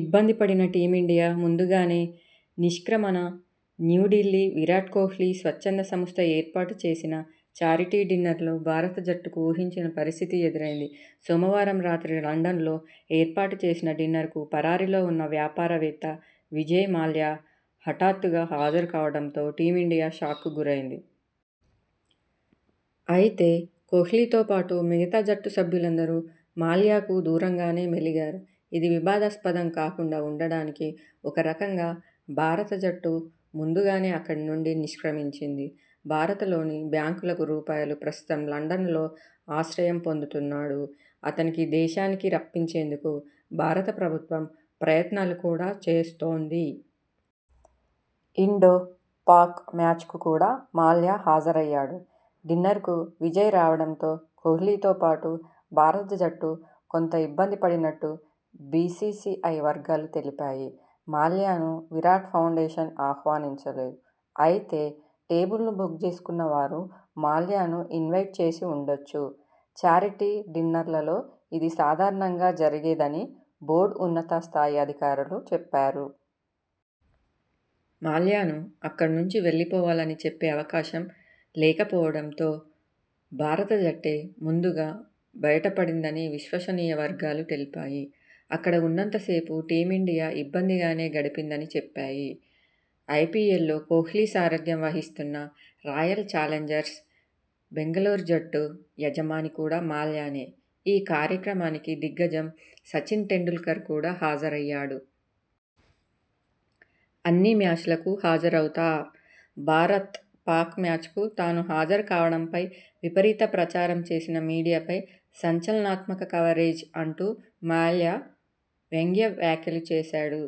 ఇబ్బందిపడిన team India ముందుగానే నిష్క్రమణ న్యూఢిల్లీ విరాట్ కోహ్లీ స్వచ్ఛంద సంస్థ ఏర్పాటు చేసిన 'ఛారిటీ డిన్నర్'లో భారత జట్టుకు ఊహించని పరిస్థితి ఎదురైంది. సోమవారం రాత్రి లండన్ లో ఏర్పాటు చేసిన డిన్నర్కు పరారీలో ఉన్న వ్యాపారవేత్త విజయ్ మాల్యా హఠాత్తుగా హాజరుకావడంతో టీమిండియా షాక్కు గురైంది. అయితే కోహ్లీతోపాటు మిగతా జట్టు సభ్యులందరూ మాల్యాకు దూరంగానే మెలిగారు. ఇది వివాదాస్పదం కాకుండా ఉండడానికి ఒకరకంగా భారత జట్టు ముందుగానే అక్కడి నుంచి నిష్క్రమించింది. భారతలోని బ్యాంకులకు రూపాయలు ప్రస్తుతం లండనలో ఆశ్రయం పొందుతున్నాడు. అతడిని దేశానికి రప్పించేందుకు భారత ప్రభుత్వం ప్రయత్నాలు కూడా చేస్తోంది. ఇండో-పాక్ మ్యాచ్ కు కూడా మాల్యా హాజరయ్యాడు. డిన్నర్కు విజయ్ రావడంతో కోహ్లీతోపాటు భారత జట్టు కొంత ఇబ్బందిపడినట్టు బీసీసీఐ వర్గాలు తెలిపాయి. 'మాల్యాను విరాట్ ఫౌండేషన్ ఆహ్వానించదు. అయితే టేబుల్ను బుక్ చేసుకున్న వారు మాల్యాను ఇన్వైట్ చేసి ఉండొచ్చు. ఛారిటీ డిన్నర్లలో ఇది సాధారణంగా జరిగేద'ని బోర్డు ఉన్నతస్థాయి అధికారులు చెప్పారు. మాల్యాను అక్కడి నుంచి వెళ్లిపోవాలని చెప్పే అవకాశం లేకపోవడంతో.. భారత జట్టే ముందుగా బయటపడిందని విశ్వసనీయ వర్గాలు తెలిపాయి. అక్కడ ఉన్నంత సేపు టీమిండియా ఇబ్బందిగానే గడిపిందని చెప్పాయి. ఐపీఎల్లో కోహ్లీ సారథ్యం వహిస్తున్న రాయల్ చాలెంజర్స్ బెంగళూరు జట్టు యజమాని కూడా మాల్యానే ఈ కార్యక్రమానికి దిగ్గజం సచిన టెండూల్కర్ కూడా హాజరయ్యాడు. అన్ని మ్యాచలకూ హాజరవుతా.. భారత్-పాక్ మ్యాచ్ కు తాను హాజరుకావడంపై విపరీత ప్రచారం చేసిన మీడియాపై 'సంచలనాత్మక కవరేజ్' అంటూ మాల్యా వ్యంగ్య వ్యాఖ్యలు చేశాడు.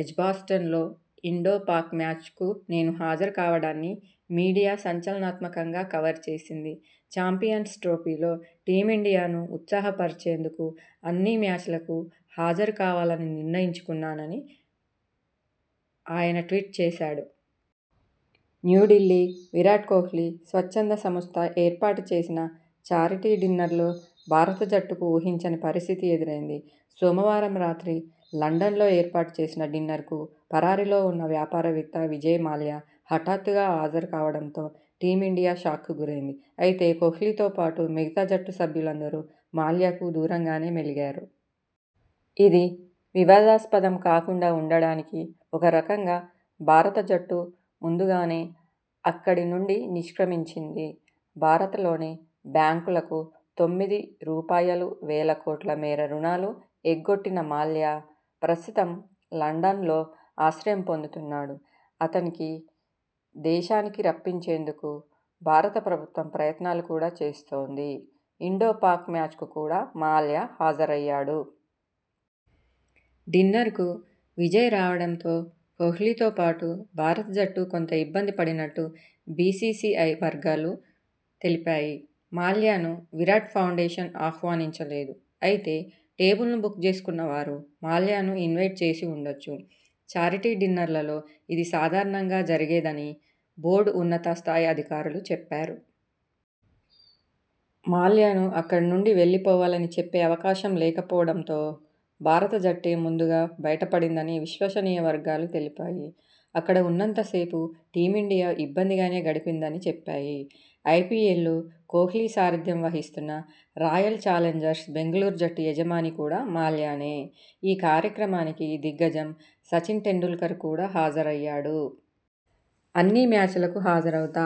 'ఎడ్జ్బాస్టన్ లో ఇండో-పాక్ మ్యాచ కు నేను హాజరుకావడాన్ని మీడియా సంచలనాత్మకంగా కవర్ చేసింది. చాంపియన్స్ ట్రోఫీలో టీమిండియాను ఉత్సాహపరిచేందుకు అన్ని మ్యాచ్ లకూ హాజరుకావాలని నిర్ణయించుకున్నాన'ని ఆయన ట్వీట్ చేశాడు. న్యూఢిల్లీ విరాట్ కోహ్లీ స్వచ్ఛంద సంస్థ ఏర్పాటు చేసిన 'ఛారిటీ డిన్నర్'లో భారత జట్టుకు ఊహించని పరిస్థితి ఎదురైంది. సోమవారం రాత్రి లండన్ లో ఏర్పాటు చేసిన డిన్నర్కు పరారీలో ఉన్న వ్యాపారవేత్త విజయ్ మాల్యా హఠాత్తుగా హాజరుకావడంతో టీమిండియా షాక్కు గురైంది. అయితే కోహ్లీతోపాటు మిగతా జట్టు సభ్యులందరూ మాల్యాకు దూరంగానే మెలిగారు. ఇది వివాదాస్పదం కాకుండా ఉండడానికి ఒకరకంగా భారత జట్టు ముందుగానే అక్కడి నుండి నిష్క్రమించింది. భారతలోని బ్యాంకులకు తొమ్మిది రూపాయలువేల కోట్ల మేర రుణాలు ఎగ్గొట్టిన మాల్యా.. ప్రస్తుతం లండనలో ఆశ్రయం పొందుతున్నాడు. అతనికి దేశానికి రప్పించేందుకు భారత ప్రభుత్వం ప్రయత్నాలు కూడా చేస్తోంది. ఇండో-పాక్ మ్యాచ్ కు కూడా మాల్యా హాజరయ్యాడు. డిన్నర్కు విజయ్ రావడంతో కోహ్లీతోపాటు భారత జట్టు కొంత ఇబ్బందిపడినట్టు బీసీసీఐ వర్గాలు తెలిపాయి. 'మాల్యాను విరాట్ ఫౌండేషన్ ఆహ్వానించలేదు. అయితే టేబుల్ను బుక్ చేసుకున్న వారు మాల్యాను ఇన్వైట్ చేసి ఉండొచ్చు. ఛారిటీ డిన్నర్లలో ఇది సాధారణంగా జరిగేద'ని బోర్డు ఉన్నతస్థాయి అధికారులు చెప్పారు. మాల్యాను అక్కడి నుండి వెళ్లిపోవాలని చెప్పే అవకాశం లేకపోవడంతో.. భారత జట్టే ముందుగా బయటపడిందని విశ్వసనీయ వర్గాలు తెలిపాయి. అక్కడ ఉన్నంత సేపు టీమిండియా ఇబ్బందిగానే గడిపిందని చెప్పాయి. ఐపీఎల్లో కోహ్లీ సారథ్యం వహిస్తున్న రాయల్ చాలెంజర్స్ బెంగళూరు జట్టు యజమాని కూడా మాల్యానే..! ఈ కార్యక్రమానికి దిగ్గజం సచిన టెండూల్కర్ కూడా హాజరయ్యాడు. అన్ని మ్యాచలకూ హాజరవుతా..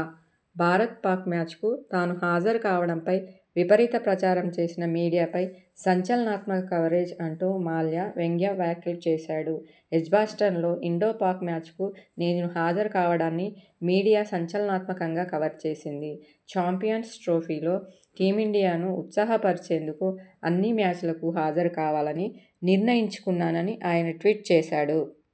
భారత్-పాక్ మ్యాచ్ కు తాను హాజరుకావడంపై విపరీత ప్రచారం చేసిన మీడియాపై 'సంచలనాత్మక కవరేజ్' అంటూ మాల్యా వ్యంగ్య వ్యాఖ్యలు చేశాడు. 'ఎడ్జ్బాస్టన్ లో ఇండో-పాక్ మ్యాచ కు నేను హాజరుకావడాన్ని మీడియా సంచలనాత్మకంగా కవర్ చేసింది. చాంపియన్స్ ట్రోఫీలో టీమిండియాను ఉత్సాహపరిచేందుకు అన్ని మ్యాచ్ లకూ హాజరుకావాలని నిర్ణయించుకున్నాన'ని ఆయన ట్వీట్ చేశాడు.